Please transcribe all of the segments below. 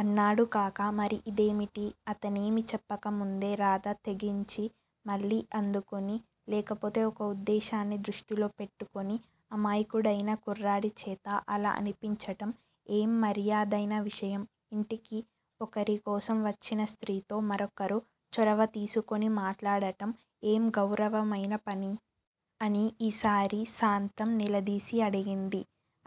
అన్నాడు కాక మరి ఇదేమిటి? అతనేమీ చెప్పకముందే రాధ తెగించి మళ్ళీ అందుకుని, లేకపోతే ఒక ఉద్దేశాన్ని దృష్టిలో పెట్టుకుని అమాయకుడైన కుర్రాడిచేత అలా అనిపించటం ఏం మర్యాదైన విషయం? ఇంటికి ఒకరి కోసం వచ్చిన స్త్రీతో మరొకరు చొరవ తీసుకుని మాట్లాడటం ఏం గౌరవమైన పని? అని ఈసారి సాంతం నిలదీసి అడిగింది.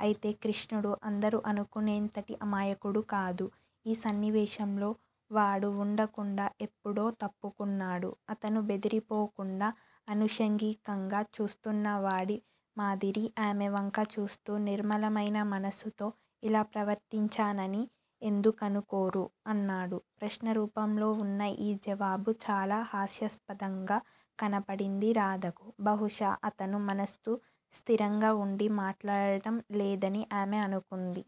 అయితే కృష్ణుడు అందరూ అనుకునేంతటి అమాయకుడు కాదు. ఈ సన్నివేశంలో వాడు వుండకుండా ఎప్పుడో తప్పుకున్నాడు. అతను బెదిరిపోకుండా, అనుషంగికంగా చూస్తున్నవాడి మాదిరి ఆమె వంక చూస్తూ నిర్మలమైన మనస్సుతో ఇలా ప్రవర్తించానని ఎందుకనుకోరు? అన్నాడు. ప్రశ్నరూపంలో వున్న ఈ జవాబు చాలా హాస్యాస్పదంగా కనబడింది రాధకు బహుశా అతను మనస్సు స్థిరంగా వుండి మాట్లాడటం లేదని ఆమె అనుకుంది.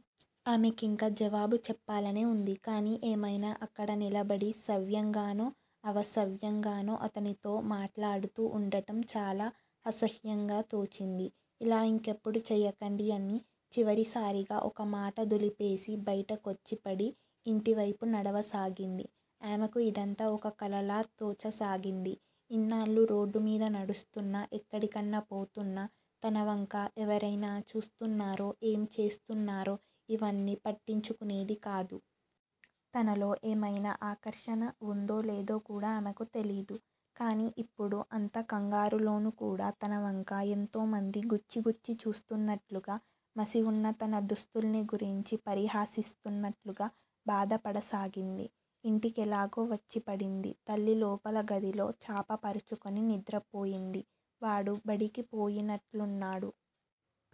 ఆమెకింకా జవాబు చెప్పాలనే వుంది. కాని ఏమైనా అక్కడ నిలబడి సవ్యంగానో, అవసవ్యంగానో అతనితో మాట్లాడుతూ వుండటం చాలా అసహ్యంగా తోచింది. ఇలా ఇంకెప్పుడూ చేయకండి అని చివరిసారిగా ఒక మాట దులిపేసి బైటకొచ్చిపడి, ఇంటివైపు నడవసాగింది. ఆమెకు ఇదంతా ఒక కలలా తోచసాగింది. ఇన్నాళ్ళూ రోడ్డుమీద నడుస్తున్నా, ఎక్కడికన్నా పోతున్నా తనవంక ఎవరైనా చూస్తున్నారో, ఏమి చేస్తున్నారో ఇవన్నీ పట్టించుకునేదికాదు. తనలో ఏమయినా ఆకర్షణ వుందో లేదో కూడా ఆమెకు తెలీదు. కాని, ఇప్పుడు అంత కంగారులోనూ కూడా తనవంక ఎంతోమంది గుచ్చి గుచ్చి చూస్తున్నట్లుగా మాసివున్న తన దుస్తుల్ని గురించి పరిహసిస్తున్నట్లూ బాధపడసాగింది. ఇంటికెలాగో వచ్చిపడింది. తల్లి లోపల గదిలో చాప పరుచుకుని నిద్రపోయింది. వాడు బడికి పోయినట్లున్నాడు!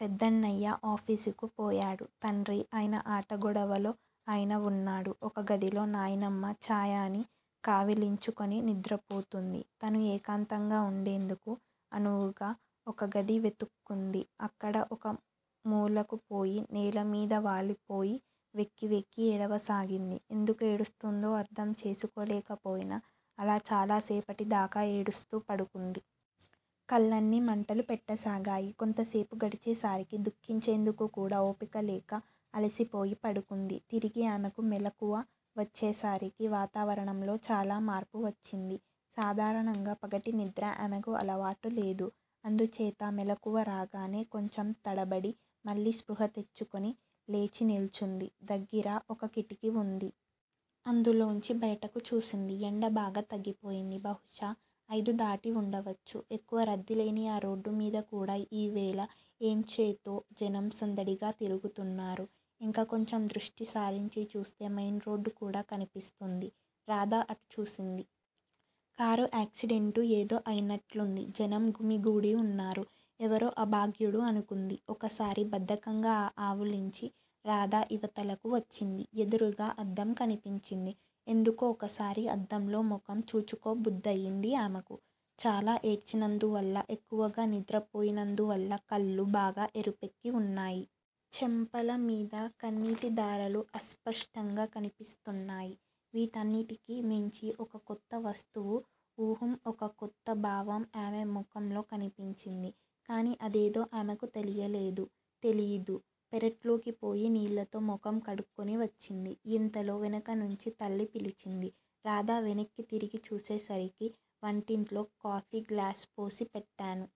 పెద్దన్నయ్య ఆఫీసుకు పోయాడు. తండ్రి ఆయన ఆటగొడవలో ఆయన వున్నాడు. ఒక గదిలో నాయనమ్మ ఛాయని కావిలించుకుని నిద్రపోతోంది. తను ఏకాంతంగా వుండేందుకు అనువుగా ఒక గది వెతుక్కుంది. అక్కడ ఒక మూలకుపోయి నేలమీద వాలిపోయి వెక్కి వెక్కి ఏడవసాగింది. ఎందుకు ఏడుస్తూందో అర్థం చేసుకోలేకపోయినా, అలా చాలసేపటి దాకా ఏడుస్తూ పడుకుంది. కళ్ళన్నీ మంటలు పెట్టసాగాయి. కొంతసేపు గడిచేసరికి దుఃఖించేందుకు కూడా ఓపికలేక- అలసిపోయి పడుకుంది. తిరిగి ఆమెకు మెలకువ వచ్చేసరికి వాతావరణంలో చాలా మార్పు వచ్చింది. సాధారణంగా పగటినిద్ర ఆమెకు అలవాటులేదు. అందుచేత మెలకువ రాగానే కొంచెం తడబడి మళ్ళీ స్పృహ తెచ్చుకుని లేచినిల్చుంది దగ్గిర ఒక కిటికీ వుంది. అందులోంచి బయటకు చూసింది. ఎండ బాగా తగ్గిపోయింది. బహుశా ఐదుదాటి వుండవచ్చు. ఎక్కువ రద్దీ లేని ఆ రోడ్డు మీద కూడా ఈ వేళ ఎంచేతో జనం సందడిగా తిరుగుతున్నారు. ఇంకా కొంచెం దృష్టి సారించి చూస్తే మెయిన్ రోడ్ కూడా కనిపిస్తుంది. రాధ అటు చూసింది. కారు యాక్సిడెంటు ఏదో అయినట్లుంది. జనం గుమిగూడి వున్నారు. ఎవరో అభాగ్యుడు అనుకుంది. ఒకసారి బద్ధకంగా ఆవులించి రాధ ఇవతలకు వచ్చింది. ఎదురుగా అద్దం కనిపించింది. ఎందుకో ఒకసారి అద్దంలో ముఖం చూచుకోబుద్ధయింది ఆమెకు. బాగా ఏడ్చినందువల్లా, ఎక్కువగా నిద్రపోయినందువల్లా కళ్ళు బాగా ఎరుపెక్కి వున్నాయి. చెంపలమీద కన్నీటిధారలు అస్పష్టంగా కనిపిస్తున్నాయి. వీటన్నింటికీ మించి ఒక కొత్త వస్తువు ఉహుఁ ఒక కొత్త భావం ఆమె ముఖంలో కనిపించింది. కాని అదేదో ఆమెకు తెలియలేదు, తెలియదు. పెరట్లోకిపోయి నీళ్ళతో ముఖం కడుక్కుని వచ్చింది. ఇంతలో వెనకనుంచి తల్లి పిలిచింది. రాధ వెనక్కి తిరిగి చూసేసరికి వంటింట్లో కాఫీ గ్లాసుపోసి పెట్టాను.